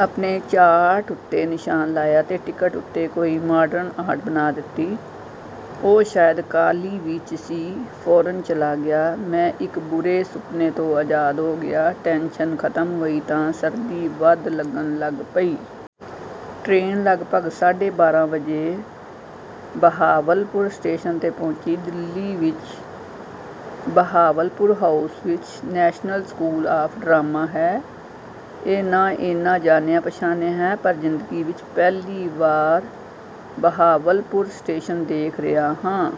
ਆਪਣੇ ਚਾਰਟ ਉੱਤੇ ਨਿਸ਼ਾਨ ਲਾਇਆ ਤੇ ਟਿਕਟ ਉੱਤੇ ਕੋਈ ਮਾਡਰਨ ਆਰਟ ਬਣਾ ਦਿੱਤੀ। ਉਹ ਸ਼ਾਇਦ ਕਾਹਲੀ ਵਿੱਚ ਸੀ, ਫ਼ੌਰਨ ਚਲਾ ਗਿਆ। ਮੈਂ ਇੱਕ ਬੁਰੇ ਸੁਪਨੇ ਤੋਂ ਆਜ਼ਾਦ ਹੋ ਗਿਆ। ਟੈਂਸ਼ਨ ਖ਼ਤਮ ਹੋਈ ਤਾਂ ਸਰਦੀ ਵੱਧ ਲੱਗਣ ਲੱਗ ਪਈ। ਟਰੇਨ ਲਗਭਗ ਸਾਢੇ ਬਾਰਾਂ ਵਜੇ ਬਹਾਵਲਪੁਰ ਸਟੇਸ਼ਨ ਤੇ ਪਹੁੰਚੀ। ਦਿੱਲੀ ਵਿੱਚ ਬਹਾਵਲਪੁਰ ਹਾਊਸ ਵਿੱਚ ਨੈਸ਼ਨਲ ਸਕੂਲ ਆਫ਼ ਡਰਾਮਾ ਹੈ। ਇਹ ਨਾਂ ਏਨਾ ਜਾਣਿਆ-ਪਛਾਣਿਆ ਹੈ, ਪਰ ਜ਼ਿੰਦਗੀ ਵਿੱਚ ਪਹਿਲੀ ਵਾਰ ਬਹਾਵਲਪੁਰ ਸਟੇਸ਼ਨ ਦੇਖ ਰਿਹਾ ਹਾਂ।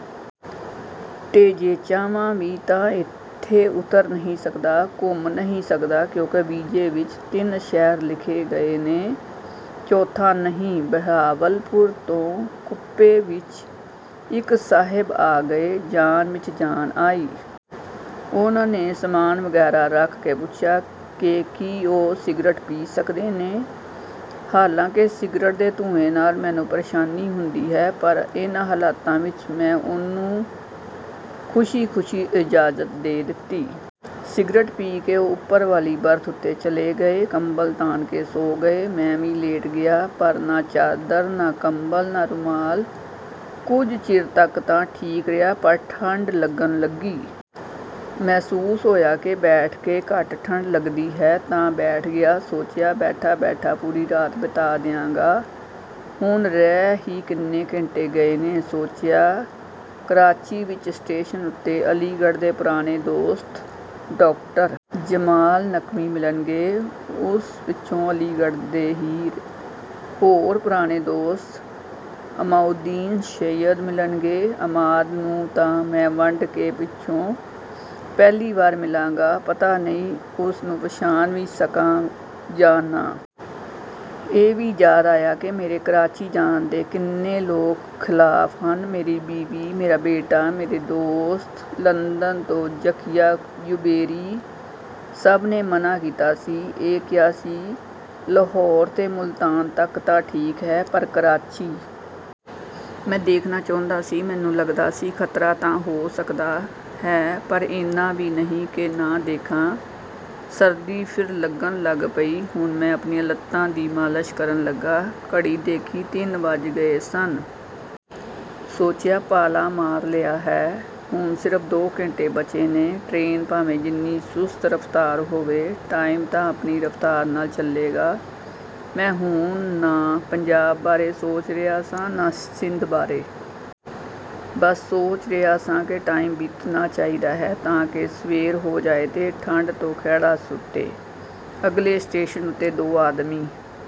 ਤੇ ਜੇ ਚਾਹਵਾਂ ਵੀ ਤਾਂ ਇੱਥੇ ਉਤਰ ਨਹੀਂ ਸਕਦਾ, ਘੁੰਮ ਨਹੀਂ ਸਕਦਾ, ਕਿਉਂਕਿ ਵੀਜ਼ੇ ਵਿੱਚ ਤਿੰਨ ਸ਼ਹਿਰ ਲਿਖੇ ਗਏ ਨੇ, ਚੌਥਾ ਨਹੀਂ। ਬਹਾਵਲਪੁਰ ਤੋਂ ਕੂਪੇ ਵਿੱਚ ਇੱਕ ਸਾਹਿਬ ਆ ਗਏ। ਜਾਨ ਵਿੱਚ ਜਾਨ ਆਈ। ਉਹਨਾਂ ਨੇ ਸਾਮਾਨ ਵਗੈਰਾ ਰੱਖ ਕੇ ਪੁੱਛਿਆ ਕਿ ਕੀ ਉਹ ਸਿਗਰਟ ਪੀ ਸਕਦੇ ਨੇ। ਹਾਲਾਂਕਿ ਸਿਗਰਟ ਦੇ ਧੂੰਏਂ ਨਾਲ ਮੈਨੂੰ ਪ੍ਰੇਸ਼ਾਨੀ ਹੁੰਦੀ ਹੈ, ਪਰ ਇਨ੍ਹਾਂ ਹਾਲਾਤਾਂ ਵਿੱਚ ਮੈਂ ਉਹਨੂੰ ਖ਼ੁਸ਼ੀ-ਖ਼ੁਸ਼ੀ ਇਜਾਜ਼ਤ ਦੇ ਦਿੱਤੀ। ਸਿਗਰਟ ਪੀ ਕੇ ਉਹ ਉੱਪਰ ਵਾਲੀ ਬਰਥ ਉੱਤੇ ਚਲੇ ਗਏ। ਕੰਬਲ ਤਾਣ ਕੇ ਸੌਂ ਗਏ। ਮੈਂ ਵੀ ਲੇਟ ਗਿਆ। ਪਰ ਨਾ ਚਾਦਰ, ਨਾ ਕੰਬਲ, ਨਾ ਰੁਮਾਲ। ਕੁਝ ਚਿਰ ਤੱਕ ਤਾਂ ਠੀਕ ਰਿਹਾ, ਪਰ ਠੰਡ ਲੱਗਣ ਲੱਗੀ। ਮਹਿਸੂਸ ਹੋਇਆ ਕਿ ਬੈਠ ਕੇ ਘੱਟ ਠੰਡ ਲੱਗਦੀ ਹੈ, ਤਾਂ ਬੈਠ ਗਿਆ। ਸੋਚਿਆ, ਬੈਠਾ-ਬੈਠਾ ਪੂਰੀ ਰਾਤ ਬਿਤਾ ਦਿਆਂਗਾ। ਹੁਣ ਰਹਿ ਹੀ ਕਿੰਨੇ ਘੰਟੇ ਗਏ ਨੇ। ਸੋਚਿਆ, ਕਰਾਚੀ ਵਿੱਚ ਸਟੇਸ਼ਨ ਉੱਤੇ ਅਲੀਗੜ੍ਹ ਦੇ ਪੁਰਾਣੇ ਦੋਸਤ ਡਾਕਟਰ ਜਮਾਲ ਨਕਵੀ ਮਿਲਣਗੇ। ਉਸ ਪਿੱਛੋਂ ਅਲੀਗੜ੍ਹ ਦੇ ਹੀ ਹੋਰ ਪੁਰਾਣੇ ਦੋਸਤ ਅਮਾਦੁੱਦੀਨ ਸ਼ਅਈਦ ਮਿਲਣਗੇ। ਅਮਾਦ ਨੂੰ ਤਾਂ ਮੈਂ ਵੰਡ ਦੇ ਪਿੱਛੋਂ ਪਹਿਲੀ ਵਾਰ ਮਿਲਾਂਗਾ। ਪਤਾ ਨਹੀਂ, ਉਸ ਨੂੰ ਪਛਾਣ ਵੀ ਸਕਾਂ ਯਾ ਨਾ। ਇਹ ਵੀ ਯਾਦ ਆਇਆ ਕਿ ਮੇਰੇ ਕਰਾਚੀ ਜਾਣ ਦੇ ਕਿੰਨੇ ਲੋਕ ਖ਼ਿਲਾਫ਼ ਸਨ। ਮੇਰੀ ਬੀਵੀ, ਮੇਰਾ ਬੇਟਾ, ਮੇਰੇ ਦੋਸਤ, ਲੰਦਨ ਤੋਂ ਜ਼ਕੀਆ ਜੁਬੈਰੀ—ਸਭ ਨੇ ਮਨ੍ਹਾਂ ਕੀਤਾ ਸੀ। ਇਹ ਕਿਹਾ ਸੀ, "ਲਾਹੌਰ ਤੇ ਮੁਲਤਾਨ ਤੱਕ ਤਾਂ ਠੀਕ ਹੈ, ਪਰ ਕਰਾਚੀ।" ਮੈਂ ਦੇਖਣਾ ਚਾਹੁੰਦਾ ਸੀ। ਮੈਨੂੰ ਲੱਗਦਾ ਸੀ, ਖ਼ਤਰਾ ਤਾਂ ਹੋ ਸਕਦਾ ਹੈ, ਪਰ ਏਨਾ ਵੀ ਨਹੀਂ ਕਿ ਨਾ ਦੇਖਾਂ। ਸਰਦੀ ਫਿਰ ਲੱਗਣ ਲੱਗ ਪਈ। ਹੁਣ ਮੈਂ ਆਪਣੀਆਂ ਲੱਤਾਂ ਦੀ ਮਾਲਸ਼ ਕਰਨ ਲੱਗਾ। ਘੜੀ ਦੇਖੀ, ਤਿੰਨ ਵੱਜ ਗਏ ਸਨ। ਸੋਚਿਆ, ਪਾਲਾ ਮਾਰ ਲਿਆ ਹੈ। ਹੁਣ ਸਿਰਫ਼ ਦੋ ਘੰਟੇ ਬਚੇ ਨੇ। ਟਰੇਨ ਭਾਵੇਂ ਜਿੰਨੀ ਸੁਸਤ ਰਫ਼ਤਾਰ ਹੋਵੇ, ਟਾਈਮ ਤਾਂ ਆਪਣੀ ਰਫ਼ਤਾਰ ਨਾਲ ਚੱਲੇਗਾ। ਮੈਂ ਹੁਣ ਨਾ ਪੰਜਾਬ ਬਾਰੇ ਸੋਚ ਰਿਹਾ ਸਾਂ, ਨਾ ਸਿੰਧ ਬਾਰੇ। ਬਸ ਸੋਚ ਰਿਹਾ ਸਾਂ ਕਿ ਟਾਈਮ ਬੀਤਣਾ ਚਾਹੀਦਾ ਹੈ, ਤਾਂ ਕਿ ਸਵੇਰ ਹੋ ਜਾਏ ਤੇ ਠੰਡ ਤੋਂ ਖਹਿੜਾ ਛੁੱਟੇ। ਅਗਲੇ ਸਟੇਸ਼ਨ ਉੱਤੇ ਦੋ ਆਦਮੀ...